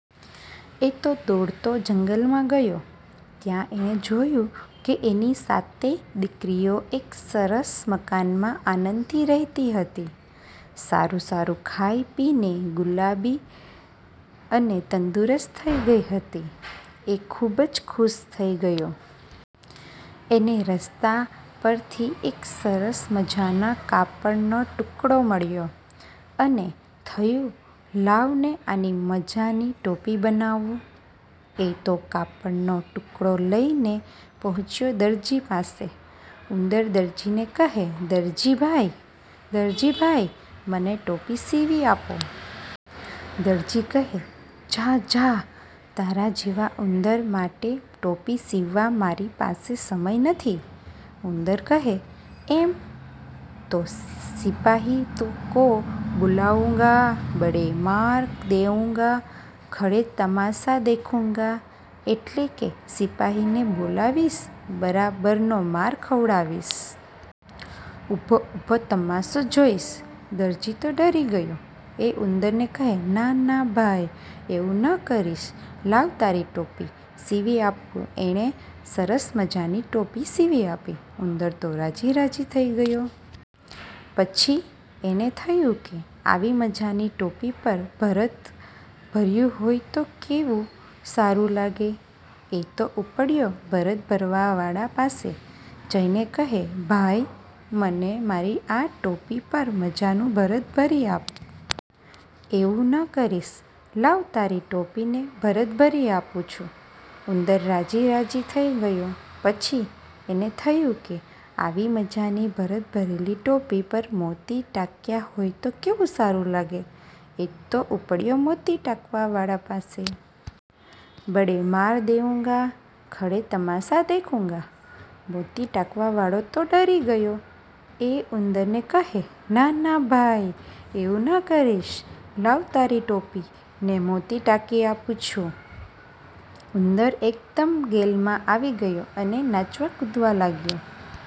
એ તો દોડતો જંગલમાં ગયો. ત્યાં એણે જોયું કે એની સાતેય દીકરીઓ એક સરસ મકાનમાં આનંદથી રહેતી હતી. સારું સારું ખાઈ-પીને ગુલાબી અને તંદુરસ્ત થઇ ગઈ હતી. એ ખુબ જ ખુશ થઇ ગયો. એને રસ્તા પરથી એક સરસ મજાનો કાપડનો ટુકડો મળ્યો. એને થયું, લાવ ને આની મજાની ટોપી બનાવું. એ તો કાપડનો ટુકડો લઈને પહોંચ્યો દરજી પાસે. ઉંદર દરજીને કહે, "દરજીભાઈ, દરજીભાઈ, મને ટોપી સીવી આપો". દરજી કહે, "જા. જા. તારા જેવા ઉંદર માટે ટોપી સીવવા મારી પાસે સમય નથી". ઉંદર કહે, "એમ? તો સિપાહી કો બુલાઉંગા. બડે માર દેઉંગા. ખડે તમાશા દેખુંગા" એટલે કે, "સિપાહીને બોલાવીશ. બરાબરનો માર ખવરાવીશ. ઉભો ઉભો તમાશો જોઇશ". દરજી તો ડરી ગયો. એ ઉંદરને કહે, "ના ના ભાઈ. એવું ન કરીશ. લાવ તારી ટોપી સીવી આપું એણે સરસ મજાની ટોપી સીવી આપી. ઉંદર તો રાજી રાજી થઇ ગયો. પછી એને થયું કે આવી મજાની ટોપી પર ભરત ભર્યું હોય તો કેવું સારું લાગે? એ તો ઉપડ્યો ભરત ભરવાવાળા પાસે. જઈને કહે, "ભાઈ, મને મારી આ ટોપી પર મજાનું ભરત ભરી આપ". એવું ન કરીશ. લાવ તારી ટોપીને ભરત ભરી આપું છું". ઉંદર રાજી રાજી થઇ ગયો. પછી એને થયું કે આવી મજાની ભરત ભરેલી ટોપી પર મોતી ટાંક્યાં હોય તો કેવું સારું લાગે? એ તો ઉપડ્યો મોતી ટાંકવાવાળા પાસે. બડે માર દેઉંગા. ખડે તમાશા દેખુંગા". મોતી ટાંકવાવાળો તો ડરી ગયો. એ ઉંદરને કહે, "ના ના ભાઈ. એવું ન કરીશ. લાવ તારી ટોપીને મોતી ટાંકી આપું છું". ઉંદર એકદમ ગેલમાં આવી ગયો અને નાચવા કુદવા લાગ્યો.